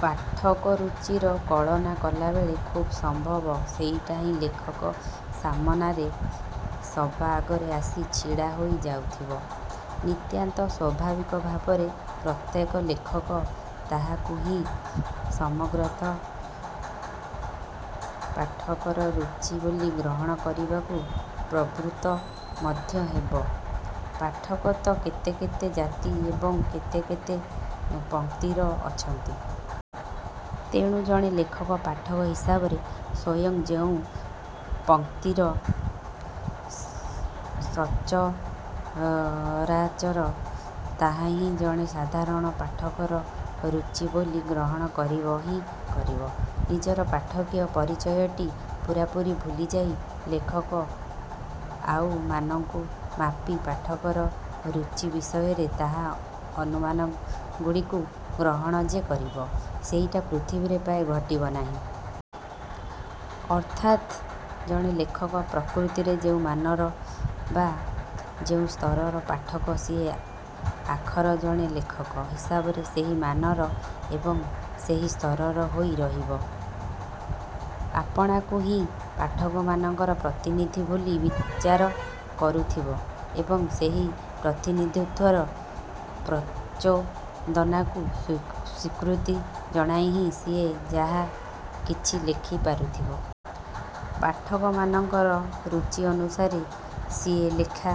ପାଠକ ରୁଚିର କଳନା କଲାବେଳେ ଖୁବ୍ ସମ୍ଭବ ସେହିଟା ହିଁ ଲେଖକ ସାମନାରେ ସବା ଆଗରେ ଆସି ଛିଡ଼ା ହୋଇ ଯାଉଥିବ। ନିତାନ୍ତ ସ୍ୱାଭାବିକ ଭାବରେ ପ୍ରତ୍ୟେକ ଲେଖକ ତାହାକୁ ହିଁ ସମଗ୍ରତଃ ପାଠକର ରୁଚି ବୋଲି ଗ୍ରହଣ କରିବାକୁ ପ୍ରବୃତ୍ତ ମଧ୍ୟ ହେବ। ପାଠକ ତ କେତେ କେତେ ଜାତି ଏବଂ କେତେ କେତେ ପଂକ୍ତିର ଅଛନ୍ତି। ତେଣୁ ଜଣେ ଲେଖକ ପାଠକ ହିସାବରେ ସ୍ଵୟଂ ଯେଉଁ ପଂକ୍ତିର ସଚରାଚର ତାହାକୁ ହିଁ ଜଣେ ସାଧାରଣ ପାଠକର ରୁଚି ବୋଲି ଗ୍ରହଣ କରିବ ହିଁ କରିବ। ନିଜର ପାଠକୀୟ ପରିଚୟଟି ପୂରାପୂରି ଭୁଲିଯାଇ ଲେଖକ ଆଉମାନଙ୍କୁ ମାପି ପାଠକର ରୁଚି ବିଷୟରେ ତାହା ଅନୁମାନଗୁଡ଼ିକୁ ଗ୍ରହଣ ଯେ କରିବ, ସେଇଟା ପୃଥିବୀରେ ପ୍ରାୟ ଘଟିବ ନାହିଁ। ଅର୍ଥାତ୍ ଜଣେ ଲେଖକ ପ୍ରକୃତିରେ ଯେଉଁ ମାନର ବା ଯେଉଁ ସ୍ତରର ପାଠକ ସିଏ ଆଖର ଜଣେ ଲେଖକ ହିସାବରେ ସେହି ମାନର ଏବଂ ସେହି ସ୍ତରର ହୋଇ ରହିବ। ଆପଣାକୁ ହିଁ ପାଠକମାନଙ୍କର ପ୍ରତିନିଧି ବୋଲି ବିଚାର କରୁଥିବ ଏବଂ ସେହି ପ୍ରତିନିଧିତ୍ୱର ପ୍ରଚୋଦନାକୁ ସ୍ବୀ ସ୍ୱୀକୃତି ଜଣାଇ ହଁ ସିଏ ଯାହା କିଛି ଲେଖି ପାରୁଥିବ। ପାଠକମାନଙ୍କର ରୁଚି ଅନୁସାରେ ସିଏ ଲେଖା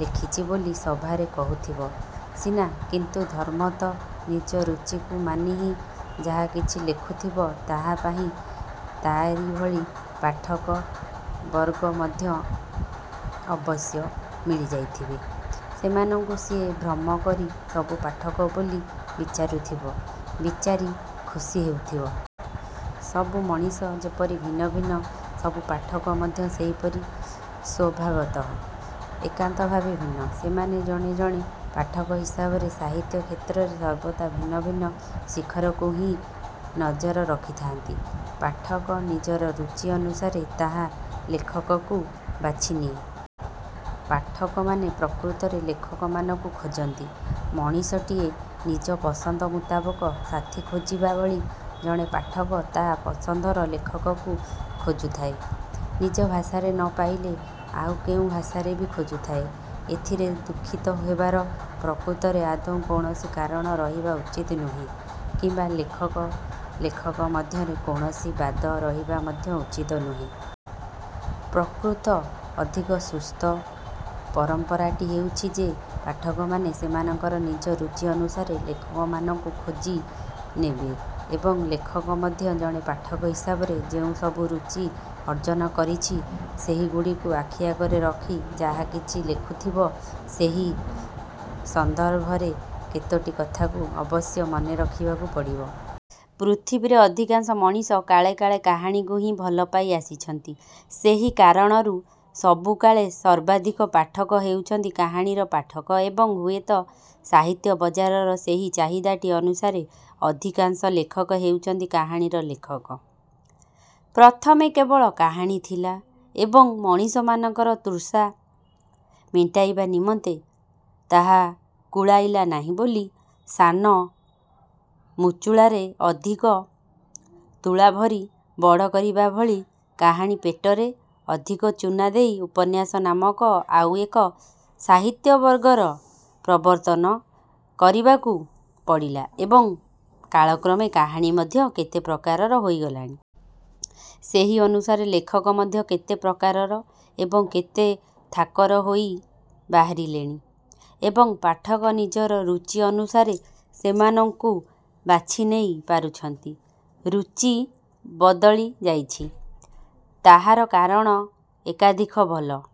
ଲେଖିଛି ବୋଲି ସଭାରେ କହୁଥିବ ସିନା କିନ୍ତୁ ଧର୍ମତଃ ନିଜ ରୁଚିକୁ ମାନି ହିଁ ଯାହାକିଛି ଲେଖୁଥିବ। ତାହା ପାହିଁ ତାରି ଭଳି ପାଠକବର୍ଗ ମଧ୍ୟ ଅବଶ୍ୟ ମିଳିଯାଇଥିବେ। ସେମାନଙ୍କୁ ସିଏ ଭ୍ରମ କରି ସବୁ ପାଠକ ବୋଲି ବିଚାରୁଥିବ, ବିଚାରି ଖୁସୀ ହେଉଥିବ। ସବୁ ମଣିଷ ଯେପରି ଭିନ୍ନ ଭିନ୍ନ, ସବୁ ପାଠକ ମଧ୍ୟ ସେହିପରି ସ୍ୱଭାବତଃ ଏକାନ୍ତ ଭାବେ ଭିନ୍ନ। ସେମାନେ ଜଣେ ଜଣେ ପାଠକ ହିସାବରେ ସାହିତ୍ୟ-କ୍ଷେତ୍ରରେ ସର୍ବଦା ଭିନ୍ନ ଭିନ୍ନ ଶିଖରକୁ ହିଁ ନଜର ରଖିଥାଆନ୍ତି। ପାଠକ ନିଜର ରୁଚି ଅନୁସାରେ ତା ଲେଖକକୁ ବାଛି ନିଏ। ପାଠକମାନେ ପ୍ରକୃତରେ ଲେଖକମାନଙ୍କୁ ଖୋଜନ୍ତି। ମଣିଷଟିଏ ନିଜ ପସନ୍ଦ ମୁତାବକ ସାଥୀ ଖୋଜିବା ଭଳି ଜଣେ ପାଠକ ତା ପସନ୍ଦର ଲେଖକକୁ ଖୋଜୁଥାଏ। ନିଜ ଭାଷାରେ ନ ପାଇଲେ ଆଉ କେଉଁ ଭାଷାରେ ବି ଖୋଜୁଥାଏ। ଏଥିରେ ଦୁଃଖିତ ହେବାର ପ୍ରକୃତରେ ଆଦୌ କୌଣସି କାରଣ ରହିବା ଉଚିତ ନୁହେଁ କିମ୍ବା ଲେଖକ ଲେଖକ ମଧ୍ୟରେ କୌଣସି ବାଦ ରହିବା ମଧ୍ୟ ଉଚିତ ନୁହେଁ। ପ୍ରକୃତ ଅଧିକ ସୁସ୍ଥ ପରମ୍ପରାଟି ହେଉଛି ଯେ ପାଠକମାନେ ସେମାନଙ୍କର ନିଜ ରୁଚି ଅନୁସାରେ ଲେଖକମାନଙ୍କୁ ଖୋଜି ନେବେ ଏବଂ ଲେଖକ ମଧ୍ୟ ଜଣେ ପାଠକ ହିସାବରେ ଯେଉଁ ସବୁ ରୁଚି ଅର୍ଜନ କରିଛି, ସେହିଗୁଡ଼ିକୁ ଆଖି ଆଗରେ ରଖି ଯାହାକିଛି ଲେଖୁଥିବ। ସେହି ସନ୍ଦର୍ଭରେ କେତୋଟି କଥାକୁ ଅବଶ୍ୟ ମନେ ରଖିବାକୁ ପଡ଼ିବ। ପୃଥିବୀରେ ଅଧିକାଂଶ ମଣିଷ କାଳେ କାଳେ କାହାଣୀକୁ ହିଁ ଭଲ ପାଇ ଆସିଛନ୍ତି। ସେହି କାରଣରୁ ସବୁକାଳେ ସର୍ବାଧିକ ପାଠକ ହେଉଛନ୍ତି କାହାଣୀର ପାଠକ ଏବଂ ହୁଏତ ସାହିତ୍ୟ ବଜାରର ସେହି ଚାହିଦାଟି ଅନୁସାରେ ଅଧିକାଂଶ ଲେଖକ ହେଉଛନ୍ତି କାହାଣୀର ଲେଖକ। ପ୍ରଥମେ କେବଳ କାହାଣୀ ଥିଲା ଏବଂ ମଣିଷମାନଙ୍କର ତୃଷା ମେଣ୍ଟାଇବା ନିମନ୍ତେ ତାହା କୁଳାଇଲା ନାହିଁ ବୋଲି ସାନ ମୁଚୁଳାରେ ଅଧିକ ତୁଳା ଭରି ବଡ଼ କରିବା ଭଳି କାହାଣୀ ପେଟରେ ଅଧିକ ଚୂନା ଦେଇ ଉପନ୍ୟାସ ନାମକ ଆଉ ଏକ ସାହିତ୍ୟବର୍ଗର ପ୍ରବର୍ତ୍ତନ କରିବାକୁ ପଡ଼ିଲା ଏବଂ କାଳକ୍ରମେ କାହାଣୀ ମଧ୍ୟ କେତେ ପ୍ରକାରର ହୋଇଗଲାଣି। ସେହି ଅନୁସାରେ ଲେଖକ ମଧ୍ୟ କେତେ ପ୍ରକାରର ଏବଂ କେତେ ଥାକର ହୋଇ ବାହାରିଲେଣି ଏବଂ ପାଠକ ନିଜର ରୁଚି ଅନୁସାରେ ସେମାନଙ୍କୁ ବାଛିନେଇ ପାରୁଛନ୍ତି, ରୁଚି ବଦଳି ଯାଇଛି। ତାହାର କାରଣ ଏକାଧିକ। ଭଲ